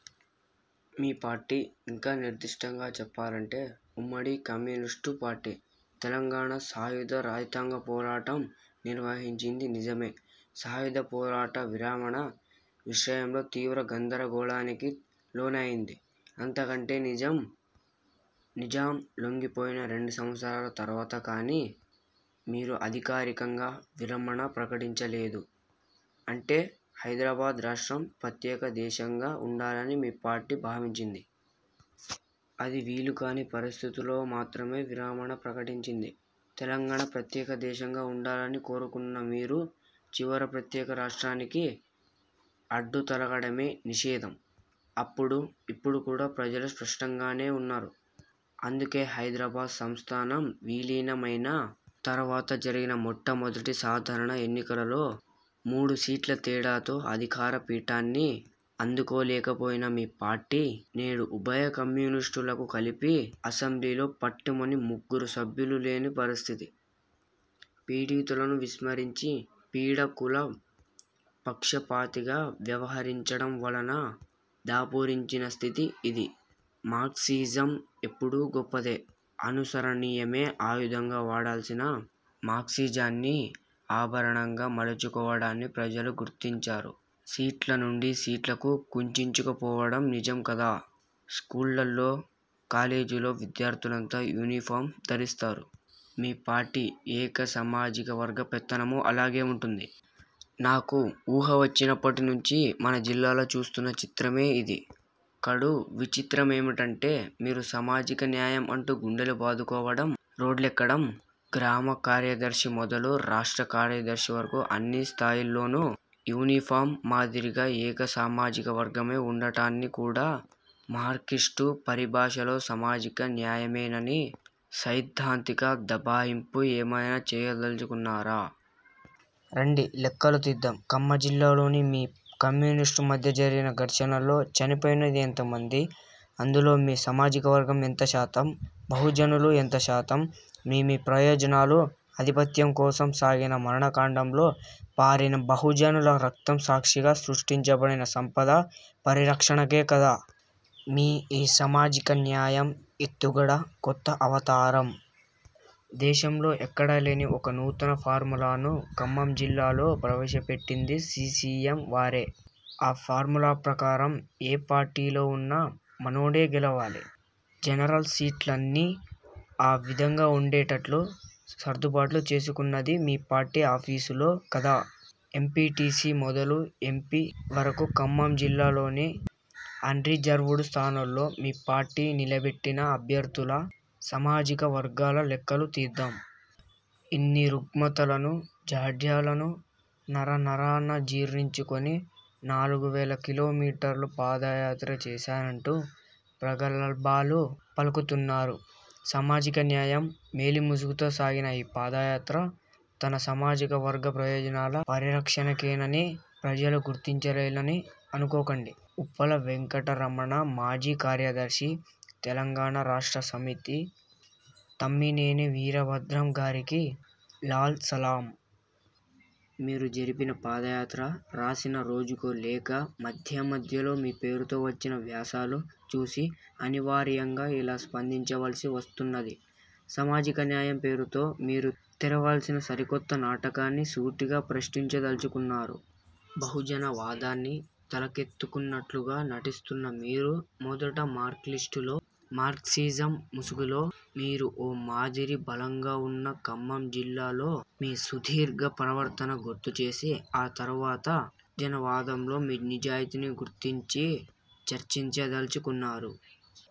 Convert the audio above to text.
మీ party, ఇంకా నిర్దిష్టంగా చెప్పాలంటే ఉమ్మడి కమ్యూనిస్టుపార్టీ, తెలంగాణ సాయుధ రైతాంగపోరాటం నిర్వహించింది నిజమే. సాయుధపోరాట విరమణ విషయంలో తీవ్ర గందరగోళానికి లోనయినది అంతకంటే నిజం. నిజాం లొంగిపోయిన రెండు సంవత్సరాల తరువాత కానీ, మీరు అధికారికంగా విరమణ ప్రకటించలేదు. అంటే, హైదరాబాద్ రాష్ట్రం ప్రత్యేక దేశంగా ఉండాలని మీ పార్టీ భావించింది. అది వీలుకాని పరిస్థితులలో మాత్రమే విరమణ ప్రకటించింది. తెలంగాణ ప్రత్యేక దేశంగా ఉండాలని కోరుకున్న మీరు, చివరకు ప్రత్యేక రాష్ట్రానికి అడ్డుతగలడమే విషాదం. అప్పుడు–ఇప్పుడు కూడా ప్రజలు స్పష్టంగానే ఉన్నారు. అందుకే, హైదరాబాద్ సంస్థానం విలీనమైన తరువాయి జరిగిన మొట్టమొదటి సాధారణ ఎన్నికలలో, మూడుసీట్ల తేడాతో అధికారపీఠాన్ని అందుకోలేకపోయిన మీ పార్టీ, నేడు ఉభయకమ్యూనిస్టులకు కలిపి అసెంబ్లీలో పట్టుమని ముగ్గురు సభ్యులు లేని పరిస్థితి. పీడితులను విస్మరించి, పీడ 'కుల'పక్షపాతిగా వ్యవహరించడం వలన దాపురించిన స్థితి ఇది. మార్క్సిజం ఎప్పుడూ గొప్పదే, అనుసరణీయమే. ఆయుధంగా వాడవలసిన మార్క్సిజాన్ని ఆభరణంగా మలచుకోవడాన్ని ప్రజలు గుర్తించారు కనుకనే, సీట్లనుండి సీట్లకు కుంచించుకుపోవడం నిజం కాదా? స్కూళ్ళలో, కాలేజీల్లో విద్యార్థులంతా యూనిఫారమ్ ధరిస్తారు. మీ పార్టీలో ఏక సామాజికవర్గ పెత్తనమూ అలాగే ఉంటుంది. నాకు ఊహవచ్చినప్పటినుండి మన జిల్లాలో చూస్తున్న చిత్రమే ఇది. కడు విచిత్రమేమంటే, మీరు సామాజిక న్యాయం అంటూ గుండెలు బాదుకోవడం, రోడ్లెక్కడం. గ్రామ కార్యదర్శి మొదలు రాష్ట్ర కార్యదర్శివరకు అన్ని స్థాయిల్లోనూ యూనిఫారమ్ మాదిరిగా ఏక సామాజికవర్గమే ఉండటాన్ని కూడా మార్క్సిస్టు పరిభాషలో సామాజిక న్యాయమేనని సైద్ధాంతిక దబాయింపు ఏమైనా చేయదల్చుకున్నారా? రండి లెక్కలు తీద్దాం. ఖమ్మజిల్లాలో మీ కమ్యూనిస్టుల మధ్య జరిగిన ఘర్షణల్లో చనిపోయినది ఎంతమంది, అందులో మీ సామాజికవర్గం ఎంతశాతం, బహుజనులు ఎంతశాతం? మీ మీ ప్రయోజనాలు, ఆధిపత్యం కోసం సాగిన మారణకాండలో పారిన బహుజనుల రక్తం సాక్షిగా సృష్టించబడిన సంపద పరిరక్షణకే కదా, మీ ఈ సామాజిక న్యాయం ఎత్తుగడ, కొత్త అవతారం? దేశంలో ఎక్కడా లేని ఒక నూతన ఫార్ములాను ఖమ్మంజిల్లాలో ప్రవేశపెట్టింది సీపీఎం వారే. ఆ ఫార్ములా ప్రకారం ఏ పార్టీలో ఉన్నా, 'మనోడే' గెలవాలి. జనరల్ సీట్లన్నీ ఆ విధంగా ఉండేట్లు సర్దుబాట్లు చేస్తున్నది మీ పార్టీ ఆఫీసులో కాదా? ఎంపీటీసీ మొదలు ఎంపీ వరకు ఖమ్మం జిల్లాలో అన్రిజర్వుడు స్థానాల్లో మీ పార్టీ నిలబెట్టిన అభ్యర్థుల సామాజిక వర్గాల లెక్కలు తీద్దాం. ఇన్ని రుగ్మతలను, జాఢ్యాలను నరనరాన జీర్ణించుకొని నాలుగువేల కిలోమీటర్లు పాదయాత్ర చేసానంటూ ప్రగల్భాలు పలుకుతున్నారు. 'సామాజిక న్యాయం' మేలిముసుగుతో సాగిన ఈ పాదయాత్ర తన సామాజికవర్గ ప్రయోజనాల పరిరక్షణకేనని ప్రజలు గుర్తించలేదని అనుకోకండి. ఉప్పల వెంకటరమణమాజీ కార్యదర్శి, తెలంగాణ రాష్ట్ర సమితి తమ్మినేని వీరభద్రం గారికి, లాల్ సలామ్! మీరు జరిపిన పాదయాత్ర, రాసిన రోజుకో లేఖ, మధ్యమధ్యలో మీ పేరుతో వచ్చిన వ్యాసాలు చూసి అనివార్యంగా ఇలా స్పందించవలసి వస్తున్నది. 'సామాజిక న్యాయం' పేరుతో మీరు తెరలేపిన సరికొత్త నాటకాన్ని సూటిగా ప్రశ్నించదల్చుకున్నాను. బహుజనవాదాన్ని తలకెత్తుకున్నట్లుగా నటిస్తున్న మీరు మొదట మార్క్సిస్టులు. మార్క్సిజం ముసుగులో, మీరు ఓ మాదిరి బలంగా ఉన్న ఖమ్మంజిల్లాలో మీ సుదీర్ఘప్రవర్తన గుర్తుచేసి, ఆ తరువాత బహుజనవాదంలో మీ నిజాయితీ గురించి చర్చించదల్చుకున్నాను.